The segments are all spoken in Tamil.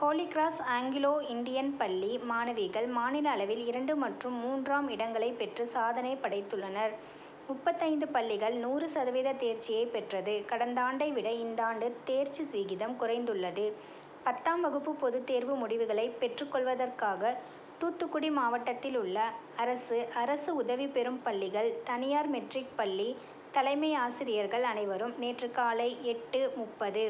ஹோலிகிராஸ் ஆங்கிலோ இண்டியன் பள்ளி மாணவிகள் மாநில அளவில் இரண்டு மற்றும் மூன்றாம் இடங்களை பெற்று சாதனை படைத்துள்ளனர். முப்பத்தைந்து பள்ளிகள் நூறு சதவீத தேர்ச்சியை பெற்றது. கடந்தாண்டை விட இந்தாண்டு தேர்ச்சி விகிதம் குறைந்துள்ளது. பத்தாம் வகுப்பு பொதுத்தேர்வு முடிவுகளை பெற்றுக் கொள்வதற்காக தூத்துக்குடி மாவட்டத்தில் உள்ள அரசு, அரசு உதவி பெறும் பள்ளிகள், தனியார் மெட்ரிக் பள்ளி தலைமையாசிரியர்கள் அனைவரும் நேற்று காலை எட்டு.முப்பது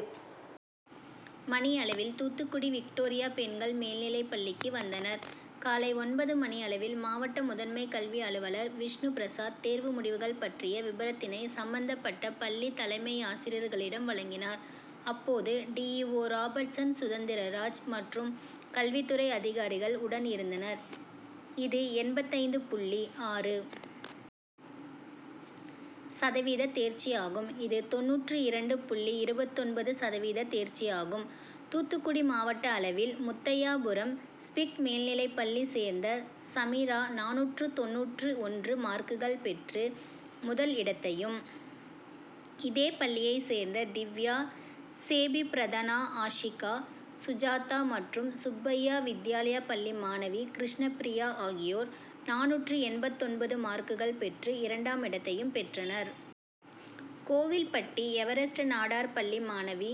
மணியளவில் தூத்துக்குடி விக்டோரியா பெண்கள் மேல்நிலை பள்ளிக்கு வந்தனர். காலை ஒன்பது மணியளவில் மாவட்ட முதன்மை கல்வி அலுவலர் விஷ்ணுபிரசாத் தேர்வு முடிவுகள் பற்றிய விபரத்தினை சம்பந்தப்பட்ட பள்ளி தலைமையாசிரியர்களிடம் வழங்கினார். அப்போது டிஇஓ ராபர்ட்சன் சுதந்திரராஜ் மற்றும் கல்வித்துறை அதிகாரிகள் உடன் இருந்தனர். இது எண்பத்தைந்து புள்ளி .ஆறு சதவீத தேர்ச்சியாகும். இது தொண்ணூற்று இரண்டு புள்ளி இருபத்தொன்பது சதவீத தேர்ச்சியாகும். தூத்துக்குடி மாவட்ட அளவில் முத்தையாபுரம் ஸ்பிக் மேல்நிலைப்பள்ளி சேர்ந்த சமிரா நானூற்று தொண்ணூற்று ஒன்று மார்க்குகள் பெற்று முதல் இடத்தையும், இதே பள்ளியைச் சேர்ந்த திவ்யா, சேபிபிரதனாஆசிகா, சுஜாதா மற்றும் சுப்பையா வித்யாலயா பள்ளி மாணவி கிருஷ்ணபிரியா ஆகியோர் நானூற்று எண்பத்தொன்பது மார்க்குகள் பெற்று இரண்டாம் இடத்தையும் பெற்றனர். கோவில்பட்டி எவரெஸ்ட் நாடார் பள்ளி மாணவி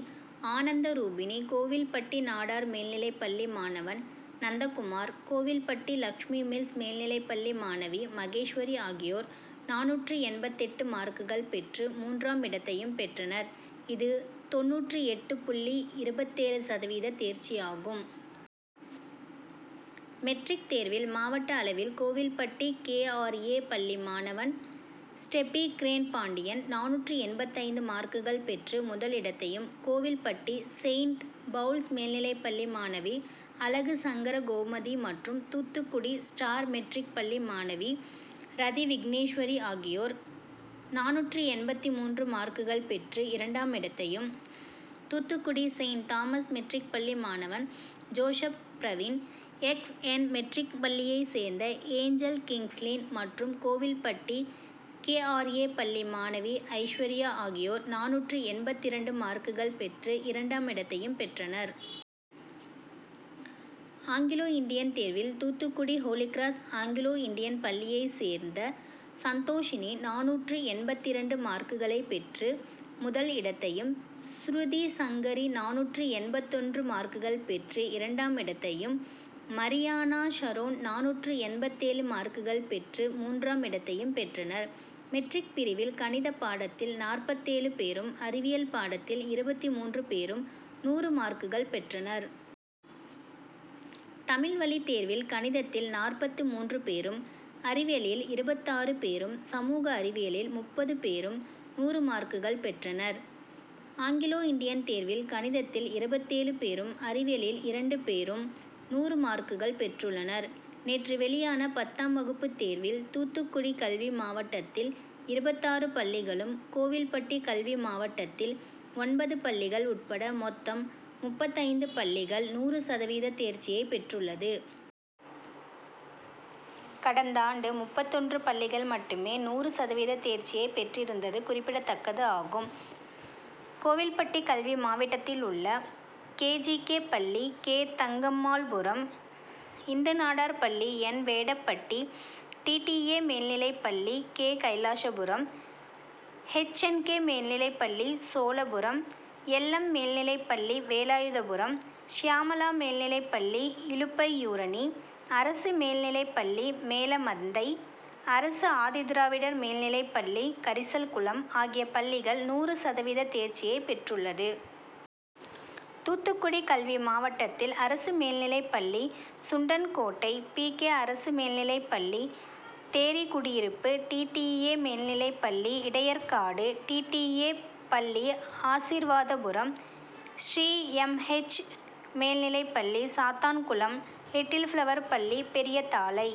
ஆனந்த ரூபிணி, கோவில்பட்டி நாடார் மேல்நிலைப்பள்ளி மாணவன் நந்தகுமார், கோவில்பட்டி லட்சுமி மில்ஸ் மேல்நிலைப்பள்ளி மாணவி மகேஸ்வரி ஆகியோர் நானூற்று எண்பத்தெட்டு மார்க்குகள் பெற்று மூன்றாம் இடத்தையும் பெற்றனர். இது தொண்ணூற்று எட்டு புள்ளி இருபத்தேழு சதவீத தேர்ச்சியாகும். மெட்ரிக் தேர்வில் மாவட்ட அளவில் கோவில்பட்டி கேஆர்ஏ பள்ளி மாணவன் ஸ்டெப்பிகிரேன்பாண்டியன் நானூற்று எண்பத்தைந்து மார்க்குகள் பெற்று முதல் இடத்தையும், கோவில்பட்டி செயிண்ட் பவுல்ஸ் மேல்நிலைப்பள்ளி மாணவி அழகுசங்கரகோமதி மற்றும் தூத்துக்குடி ஸ்டார் மெட்ரிக் பள்ளி மாணவி ரதிவிக்னேஸ்வரி ஆகியோர் நானூற்று எண்பத்து மூன்று மார்க்குகள் பெற்று இரண்டாம் இடத்தையும், தூத்துக்குடி செயிண்ட் தாமஸ் மெட்ரிக் பள்ளி மாணவன் ஜோசப் பிரவீன், எக்ஸ்என் மெட்ரிக் பள்ளியைச் சேர்ந்த ஏஞ்சல் கிங்ஸ்லீன், மற்றும் கோவில்பட்டி கேஆர்ஏ பள்ளி மாணவி ஐஸ்வர்யா ஆகியோர் நானூற்று எண்பத்திரண்டு மார்க்குகள் பெற்று இரண்டாம் இடத்தையும் பெற்றனர். ஆங்கிலோ இண்டியன் தேர்வில் தூத்துக்குடி ஹோலிகிராஸ் ஆங்கிலோ இண்டியன் பள்ளியைச் சேர்ந்த சந்தோஷிணி நானூற்று எண்பத்திரண்டு மார்க்குளை பெற்று முதல் இடத்தையும், சுருதிசங்கரி நானூற்று எண்பத்தொன்று மார்க்குள் பெற்று இரண்டாம் இடத்தையும், மரியானாஷரோன் நானூற்று எழுபத்தேழு மார்க்குகள் பெற்று மூன்றாம் இடத்தையும் பெற்றனர். மெட்ரிக் பிரிவில் கணித பாடத்தில் நாற்பத்தேழு பேரும், அறிவியல் பாடத்தில் இருபத்து மூன்று பேரும் நூறு மார்க்குகள் பெற்றனர். தமிழ்வழி தேர்வில் கணிதத்தில் நாற்பத்து மூன்று பேரும், அறிவியலில் இருபத்தாறு பேரும், சமூக அறிவியலில் முப்பது பேரும் நூறு மார்க்குகள் பெற்றனர், ஆங்கிலோ இண்டியன் தேர்வில் கணிதத்தில் இருபத்தேழு பேரும், அறிவியலில் இரண்டு பேரும் நூறு மார்க்குகள் பெற்றுள்ளனர். நேற்று வெளியான பத்தாம் வகுப்பு தேர்வில் தூத்துக்குடி கல்வி மாவட்டத்தில் இருபத்தாறு பள்ளிகளும், கோவில்பட்டி கல்வி மாவட்டத்தில் ஒன்பது பள்ளிகள் உட்பட மொத்தம் முப்பத்தைந்து பள்ளிகள் நூறு சதவீத தேர்ச்சியை பெற்றுள்ளது. கடந்தாண்டு முப்பத்தொன்று பள்ளிகள் மட்டுமே நூறு சதவீத தேர்ச்சியை பெற்றிருந்தது குறிப்பிடதக்கது ஆகும். கோவில்பட்டி கல்வி மாவட்டத்தில் உள்ள கேஜிகே., பள்ளி கே. தங்கம்மாள்புரம், இந்துநாடார் பள்ளி என். வேடபட்டி, டிடிடிஏ., மேல்நிலைப்பள்ளி கே. கைலாசபுரம், எச்என்கே., மேல்நிலைப்பள்ளி சோழாபுரம், எல். எம்., மேல்நிலைப்பள்ளி வேலாயுதபுரம், சியாமளா மேல்நிலைப்பள்ளி இலுப்பையூரணி, அரசு மேல்நிலைப்பள்ளி மேலமந்தை, அரசு ஆதிதிராவிடர் மேல்நிலைப்பள்ளி கரிசல்குளம் ஆகிய பள்ளிகள் நூறு சதவீத சேர்ச்சியை பெற்றுள்ளது. தூத்துக்குடி கல்வி மாவட்டத்தில் அரசு மேல்நிலைப்பள்ளி சுண்டன்கோட்டை, பி. கே. அரசு மேல்நிலைப்பள்ளி தேரிகுடியிருப்பு, டிடிடிஏ மேல்நிலைப்பள்ளி இடையர்காடு, டிடிடிஏ., பள்ளி ஆசிர்வாதபுரம், ஸ்ரீ எம். எச். மேல்நிலைப்பள்ளி சாத்தான்குளம், லிட்டில் பிளவர் பள்ளி பெரியதாழை,